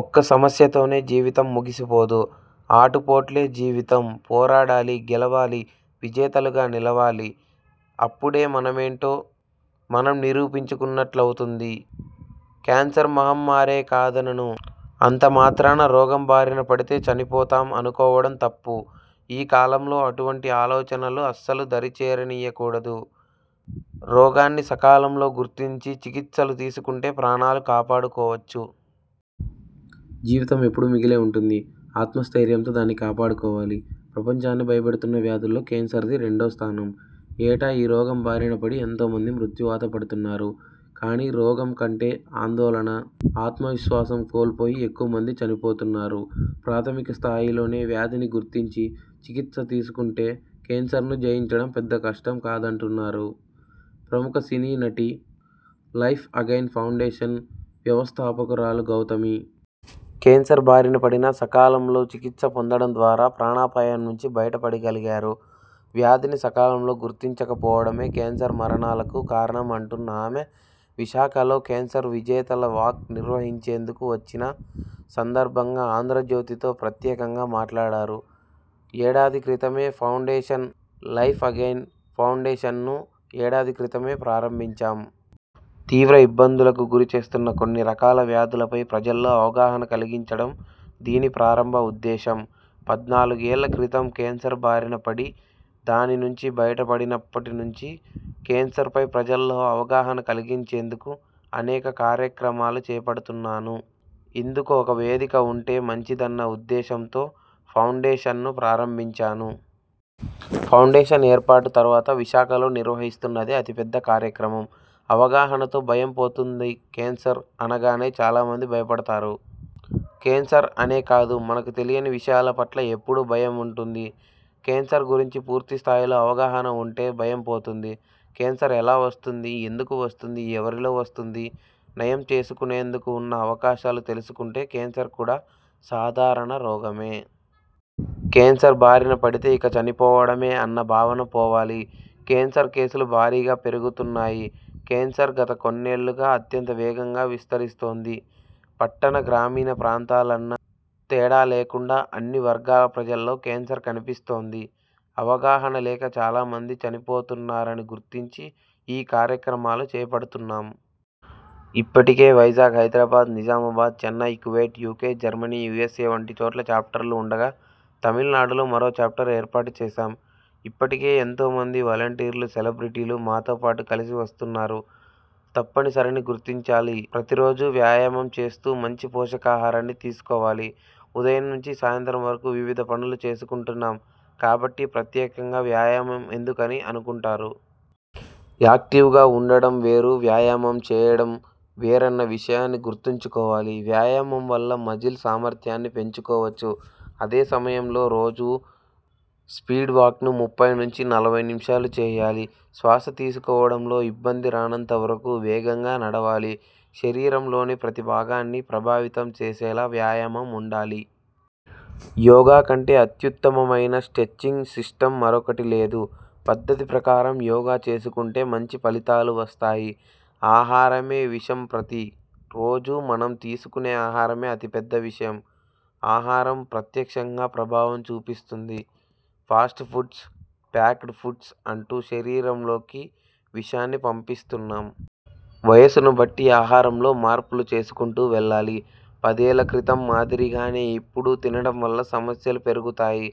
ఒక్క సమస్యతోనే జీవితం ముగిసిపోదు. ఆటుపోట్లే జీవితం. పోరాడాలి. గెలవాలి, విజేతలుగా నిలవాలి. అప్పుడే మనమేంటో మనం నిరూపించుకున్నట్లవుతుంది. కేన్సర్ మహమ్మారేకాదనను. అంతమాత్రాన రోగం బారిన పడితే చనిపోతాం అనుకోవడం తప్పు. ఈ కాలంలో అటువంటి ఆలోచన అస్సలు దరిచేర నీయకూడదు. రోగాన్ని సకాలంలో గుర్తించి చికిత్స తీసుకుంటే ప్రాణాలు కాపాడుకోవచ్చు. జీవితం ఎప్పుడూ మిగిలే ఉంటుంది. ఆత్మస్థైర్యంతో దాన్ని కాపాడుకోవాలి.: ప్రపంచాన్ని భయపెడుతున్న వ్యాధుల్లో కేన్సర్ది రెండో స్థానం. ఏటా ఈ రోగం బారినపడి ఎంతోమంది మృత్యువాత పడుతున్నారు. కానీ రోగం కంటే ఆందోళన, ఆత్మవిశ్వాసం కోల్పోయి ఎక్కువ మంది చనిపోతున్నారు. ప్రాథమిక స్థాయిలోనే వ్యాధిని గుర్తించి చికిత్స తీసుకుంటే కేన్సర్ను జయించడం పెద్ద కష్టం కాదంటున్నారు ప్రముఖ సినీనటి, 'లైఫ్ అగైన్' ఫౌండేషన్ వ్యవస్థాపకురాలు గౌతమి. కేన్సర్ బారినపడినా సకాలంలో చికిత్స పొందడం ద్వారా ప్రాణాపాయం నుంచి బయటపడగలిగారు. వ్యాధిని సకాలంలో గుర్తించక పోవడమే కేన్సర్ మరణాలకు కారణం అంటున్న ఆమె విశాఖలో 'కేన్సర్ విజేతల వాక్' నిర్వహించేందుకు వచ్చిన సందర్భంగా 'ఆంధ్రజ్యోతి'తో ప్రత్యేకంగా మాట్లాడారు. ఏడాది క్రితమే ఫౌండేషన్'లైఫ్ అగైన్' ఫౌండేషన్ను ఏడాది క్రితమే ప్రారంభించాం. తీవ్ర ఇబ్బందులకు గురిచేస్తున్న కొన్ని రకాల వ్యాధులపై ప్రజల్లో అవగాహన కలిగించడం దీని ప్రారంభ ఉద్దేశం. పద్నాలుగు ఏళ్ల క్రితం కేన్సర్ బారిన పడి దాని నుంచి బయటపడినప్పటి నుంచి కేన్సర్పై ప్రజల్లో అవగాహన కలిగించేందుకు అనేక కార్యక్రమాలు చేపడుతున్నాను. ఇందుకు ఒక వేదిక ఉంటే మంచిదన్న ఉద్దేశంతో ఫౌండేషన్ను ప్రారంభించాను. ఫౌండేషన్ ఏర్పాటు తర్వాత విశాఖలో నిర్వహిస్తున్నదే అతి పెద్ద కార్యక్రమం. అవగాహనతో భయం పోతుందికేన్సర్ అనగానే చాలామంది భయపడిపోతారు. కేన్సర్ అనే కాదు మనకు తెలియని విషయాలపట్ల ఎప్పుడూ భయం ఉంటుంది. కేన్సర్ గురించి పూర్తి స్థాయిలో అవగాహన ఉంటే భయం పోతుంది. కేన్సర్ ఎలా వస్తుంది, ఎందుకు వస్తుంది, ఎవరిలో వస్తుంది, నయం చేసుకునేందుకు ఉన్న అవకాశాలు తెలుసుకుంటే కేన్సర్ కూడా సాధారణ రోగమే. కేన్సర్ బారిన పడితే ఇక చనిపోవడమే అన్న భావన పోవాలి. కేన్సర్ కేసులు భారీగా పెరుగుతున్నాయికేన్సర్ గత కొన్నేళ్లుగా అత్యంత వేగంగా విస్తరిస్తోంది. పట్టణ, గ్రామీణ ప్రాంతాలన్న తేడా లేకుండా అన్ని వర్గాల ప్రజల్లో కేన్సర్ కనిపిస్తోంది. అవగాహన లేక చాలామంది చనిపోతున్నారని గుర్తించి ఈ కార్యక్రమాలు చేపడుతున్నాం. ఇప్పటికే Vizag, Hyderabad, Nizamabad, Chennai, Kuwait, UK, Germany, USA వంటి చోట్ల చాప్టర్లు ఉండగా, తమిళనాడులో మరో చాప్టర్ ఏర్పాటుచేశాం. ఇప్పటికే ఎంతోమంది వలంటీర్లు, సెలబ్రిటీలు మాతోపాటు కలిసి వస్తున్నారు. తప్పనిసరని గుర్తించాలిప్రతిరోజూ వ్యాయామం చేస్తూ మంచి పోషకాహారాన్ని తీసుకోవాలి. ఉదయం నుంచి సాయంత్రం వరకు వివిధ పనులు చేసుకుంటున్నాం కాబట్టి ప్రత్యేకంగా వ్యాయామం ఎందుకు అని అనుకుంటారు. యాక్టివ్గా ఉండడం వేరు, వ్యాయామం చేయడం వేరన్న విషయాన్ని గుర్తుంచుకోవాలి. వ్యాయామం వల్ల మజిల్ సామర్థ్యాన్ని పెంచుకోవచ్చు. అదే సమయంలో రోజూ స్పీడ్వాక్ను ముప్పై నుంచి నలభై నిమిషాలు చేయాలి. శ్వాసతీసుకోవడంలో ఇబ్బంది రానంత వరకు వేగంగా నడవాలి. శరీరంలోని ప్రతిభాగాన్ని ప్రభావితం చేసేలా వ్యాయామం ఉండాలి. యోగాకంటే అత్యుత్తమమైన స్టెచ్చింగ్ సిస్టమ్ మరొకటి లేదు. పద్ధతి ప్రకారం యోగా చేసుకుంటే మంచి ఫలితాలు వస్తాయి. ఆహారమే విషంప్రతి రోజూ మనం తీసుకునే ఆహారమే అతి పెద్ద విషం. ఆహారం ప్రత్యక్షంగా ప్రభావం చూపిస్తుంది. ఫాస్ట్ఫుడ్స్, ప్యాక్డ్ ఫుడ్స్ అంటూ శరీరంలోకి విషాన్ని పంపిస్తున్నాం. వయసును బట్టి ఆహారంలో మార్పులు చేసుకుంటూ వెళ్లాలి. పదేళ్ల క్రితం మాదిరిగానే ఇప్పుడు తినడం వల్ల సమస్యలు పెరుగుతాయి.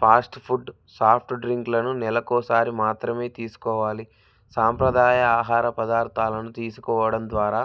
ఫాస్ట్ఫుడ్, సాఫ్ట్ డ్రింక్లను నెలకోసారి మాత్రమే తీసుకోవాలి. సంప్రదాయ ఆహార పదార్థాలను తీసుకోవడం ద్వారా